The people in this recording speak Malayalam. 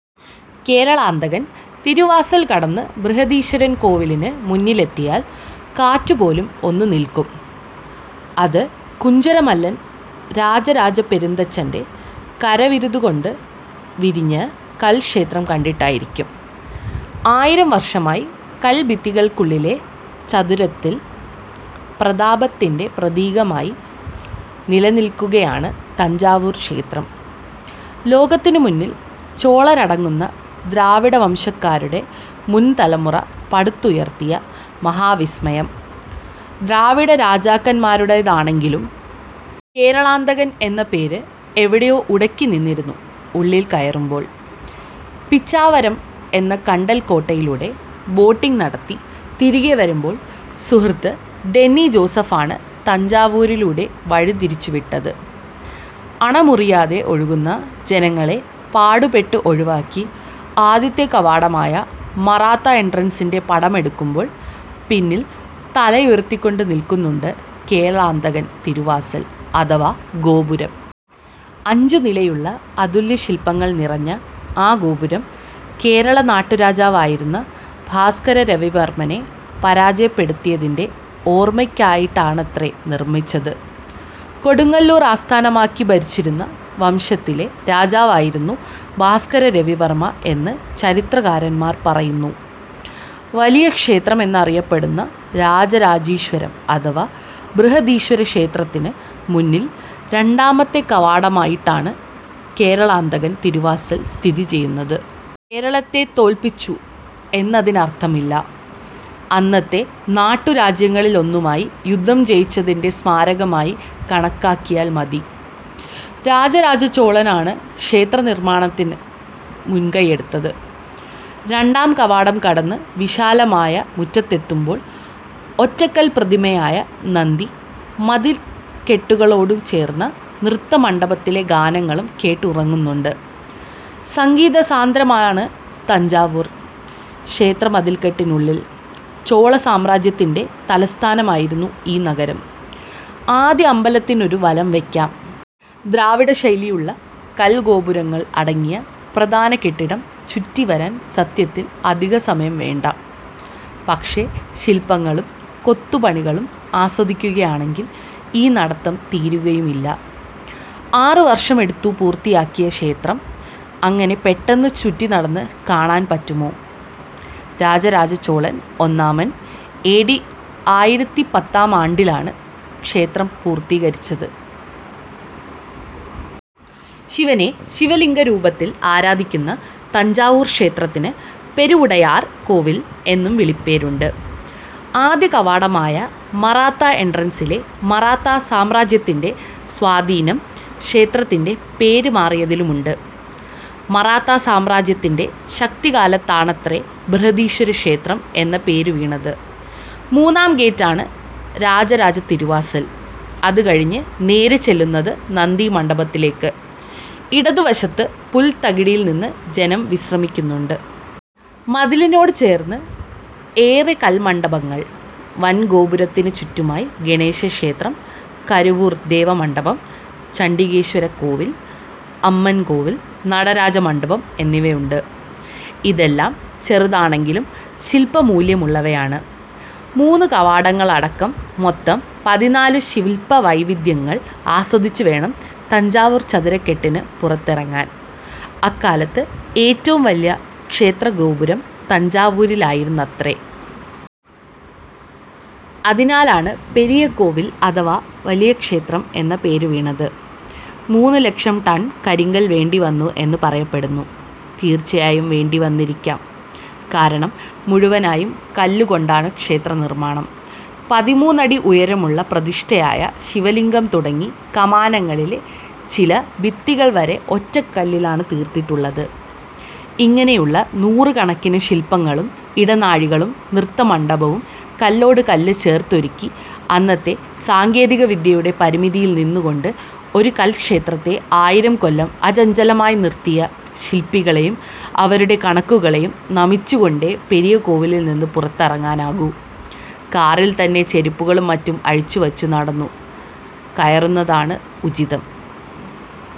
കേരളാന്തകൻ തിരുവാസൽ കടന്നു ബൃഹദീശ്വരൻ കോവിലിനു മുന്നിലെത്തിയാൽ കാറ്റുപോലും ഒന്നു നിൽക്കും. അതു കുഞ്ചരമല്ലൻ രാജരാജ പെരുന്തച്ചന്റെ കരവിരുതുകൊണ്ടു വിരിഞ്ഞ കൽക്ഷേത്രം കണ്ടിട്ടായിരിക്കും. ആയിരം വർഷമായി കൽഭിത്തികൾക്കുള്ളിലെ ചത്വരത്തിൽ പ്രതാപത്തിന്റെ പ്രതീകമായി നിലനിൽക്കുകയാണു തഞ്ചാവൂർ ക്ഷേത്രം. ലോകത്തിനു മുന്നിൽ ചോളരടങ്ങുന്ന ദ്രാവിഡവംശക്കാരുടെ മുൻതലമുറ പടുത്തുയർത്തിയ മഹാവിസ്മയം. ദ്രാവിഡരാജാക്കന്മാരുടേതാണെങ്കിലും കേരളാന്തകൻ എന്ന പേര് എവിടെയോ ഉടക്കിനിന്നിരുന്നു ഉള്ളിൽ കയറുമ്പോൾ. പിച്ചാവരം എന്ന കണ്ടൽകോട്ടയിലൂടെ ബോട്ടിങ് നടത്തി തിരികെവരുമ്പോൾ സുഹൃത്ത് ഡെന്നി ജോസഫ് ആണ് തഞ്ചാവൂരിലൂടെ വഴിതിരിച്ചുവിട്ടത്. അണമുറിയാതെ ഒഴുകുന്ന ജനങ്ങളെ പാടുപെട്ട് ഒഴിവാക്കി ആദ്യത്തെ കവാടമായ മറാത്ത എൻട്രൻസിന്റെ പടമെടുക്കുമ്പോൾ പിന്നിൽ തലയുയർത്തിനിൽക്കുന്നുണ്ട് കേരളാന്തകൻ തിരുവാസൽ അഥവാ ഗോപുരം. അഞ്ചുനിലയുള്ള, അതുല്യശിൽപങ്ങൾ നിറഞ്ഞ ആ ഗോപുരം കേരള നാട്ടുരാജാവായിരുന്ന ഭാസ്കര രവിവർമ്മനെ പരാജയപ്പെടുത്തിയതിന്റെ ഓർമയ്ക്കായിട്ടാണത്രേ നിർമിച്ചത്. കൊടുങ്ങല്ലൂർ ആസ്ഥാനമാക്കി ഭരിച്ചിരുന്ന വംശത്തിലെ രാജാവായിരുന്നു ഭാസ്കര രവിവർമ എന്ന് ചരിത്രകാരന്മാർ പറയുന്നു. വലിയ ക്ഷേത്രം എന്നറിയപ്പെടുന്ന രാജരാജീശ്വരം അഥവാ ബൃഹദീശ്വരക്ഷേത്രത്തിനു മുന്നിൽ രണ്ടാമത്തെ കവാടമായിട്ടാണ് കേരളാന്തകൻ തിരുവാസൽ സ്ഥിതി ചെയ്യുന്നത്. കേരളത്തെ തോൽപ്പിച്ചു എന്നതിനർഥമില്ല. അന്നത്തെ നാട്ടുരാജ്യങ്ങളിലൊന്നുമായി യുദ്ധം ജയിച്ചതിന്റെ സ്മാരകമായി കണക്കാക്കിയാൽ മതി. രാജരാജ ചോളനാണ് ക്ഷേത്രനിർമാണത്തിനു മുൻകൈയെടുത്തത്. രണ്ടാം കവാടം കടന്നു വിശാലമായ മുറ്റത്തെത്തുമ്പോൾ ഒറ്റക്കൽപ്രതിമയായ നന്ദി, മതിൽക്കെട്ടുകളോടു ചേർന്ന നൃത്തമണ്ഡപത്തിലെ ഗാനങ്ങളും കേട്ടുറങ്ങുന്നുണ്ട്. സംഗീതസാന്ദ്രമാണ് തഞ്ചാവൂർ ക്ഷേത്രമതിൽക്കെട്ടിനുള്ളിൽ. ചോളസാമ്രാജ്യത്തിന്റെ തലസ്ഥാനമായിരുന്നു ഈ നഗരം. ആദ്യം അമ്പലത്തിനൊരു വലംവയ്ക്കാം. ദ്രാവിഡശൈലിയുള്ള കൽഗോപുരങ്ങൾ അടങ്ങിയ പ്രധാന കെട്ടിടം ചുറ്റിവരാൻ സത്യത്തിൽ അധികസമയം വേണ്ട. പക്ഷേ, ശിൽപങ്ങളും കൊത്തുപണികളും ആസ്വദിക്കുകയാണെങ്കിൽ ഈ നടത്തം തീരുകയുമില്ല. ആറുവർഷമെടുത്തു പൂർത്തിയാക്കിയ ക്ഷേത്രം അങ്ങനെ പെട്ടെന്നു ചുറ്റിനടന്നു കാണാൻ പറ്റുമോ? രാജരാജ ചോളൻ ഒന്നാമൻ എ ഡി ആയിരത്തി പത്താം ആണ്ടിലാണ് ക്ഷേത്രം പൂർത്തീകരിച്ചത്. ശിവനെ ശിവലിംഗരൂപത്തിൽ ആരാധിക്കുന്ന തഞ്ചാവൂർ ക്ഷേത്രത്തിന് പെരുവുടയാർ കോവിൽ എന്നും വിളിപ്പേരുണ്ട്. ആദ്യകവാടമായ മറാത്ത എൻട്രൻസിലെ മറാത്താ സാമ്രാജ്യത്തിന്റെ സ്വാധീനം ക്ഷേത്രത്തിന്റെ പേര് മാറിയതിലുമുണ്ട്. മറാത്താ സാമ്രാജ്യത്തിന്റെ ശക്തികാലത്താണത്രേ ബൃഹദീശ്വര ക്ഷേത്രം എന്ന പേരുവീണത്. മൂന്നാം ഗേറ്റ് ആണ് രാജരാജ തിരുവാസൽ. അതുകഴിഞ്ഞു നേരെച്ചെല്ലുന്നത് നന്ദിമണ്ഡപത്തിലേക്ക്. ഇടതുവശത്ത് പുൽത്തകിടിയിൽ ജനം വിശ്രമിക്കുന്നുണ്ട്. മതിലിനോടു ചേർന്ന് ഏറെ കൽമണ്ഡപങ്ങൾ. വൻഗോപുരത്തിനു ചുറ്റുമായി ഗണേശക്ഷേത്രം, കരുവൂർ ദേവ മണ്ഡപം, ചണ്ഡികേശ്വര കോവിൽ, അമ്മൻ കോവിൽ, നടരാജ മണ്ഡപം എന്നിവയുണ്ട്. ഇതെല്ലാം ചെറുതാണെങ്കിലും ശിൽപ്പമൂല്യമുള്ളവയാണ്. മൂന്നു കവാടങ്ങളടക്കം മൊത്തം പതിനാലു ശിൽപവൈവിധ്യങ്ങൾ ആസ്വദിച്ചുവേണം തഞ്ചാവൂർ ചതുരക്കെട്ടിനു പുറത്തിറങ്ങാൻ. അക്കാലത്ത് ഏറ്റവും വലിയ ക്ഷേത്രഗോപുരം തഞ്ചാവൂരിലായിരുന്നത്രേ. അതിനാലാണ് പെരിയകോവിൽ അഥവാ വലിയ ക്ഷേത്രം എന്ന പേരുവീണത്. മൂന്ന് ലക്ഷം ടൺ കരിങ്കല്ല് വേണ്ടിവന്നു എന്ന് പറയപ്പെടുന്നു. തീർച്ചയായും വേണ്ടിവന്നിരിക്കാം. കാരണം മുഴുവനായും കല്ലുകൊണ്ടാണ് ക്ഷേത്രനിർമാണം. പതിമൂന്ന് അടി ഉയരമുള്ള പ്രതിഷ്ഠയായ ശിവലിംഗം തുടങ്ങി കമാനങ്ങളിലെ ചില ഭിത്തികൾവരെ ഒറ്റക്കല്ലിലാണു തീർത്തിട്ടുള്ളത്. ഇങ്ങനെയുള്ള നൂറുകണക്കിനു ശിൽപ്പങ്ങളും ഇടനാഴികളും നൃത്തമണ്ഡപവും കല്ലോടുകല്ല് ചേർത്തൊരുക്കി, അന്നത്തെ സാങ്കേതികവിദ്യയുടെ പരിമിതിയിൽനിന്നുകൊണ്ട് ഒരു കൽക്ഷേത്രത്തെ ആയിരംകൊല്ലം അചഞ്ചലമായി നിർത്തിയ ശിൽപ്പികളെയും അവരുടെ കണക്കുകളെയും നമിച്ചുകൊണ്ടേ പെരിയകോവിലിൽനിന്നു പുറത്തിറങ്ങാനാകൂ. കാറിൽത്തന്നെ ചെരുപ്പുകളും മറ്റും അഴിച്ചുവച്ചു നടന്നു കയറുന്നതാണുചിതം.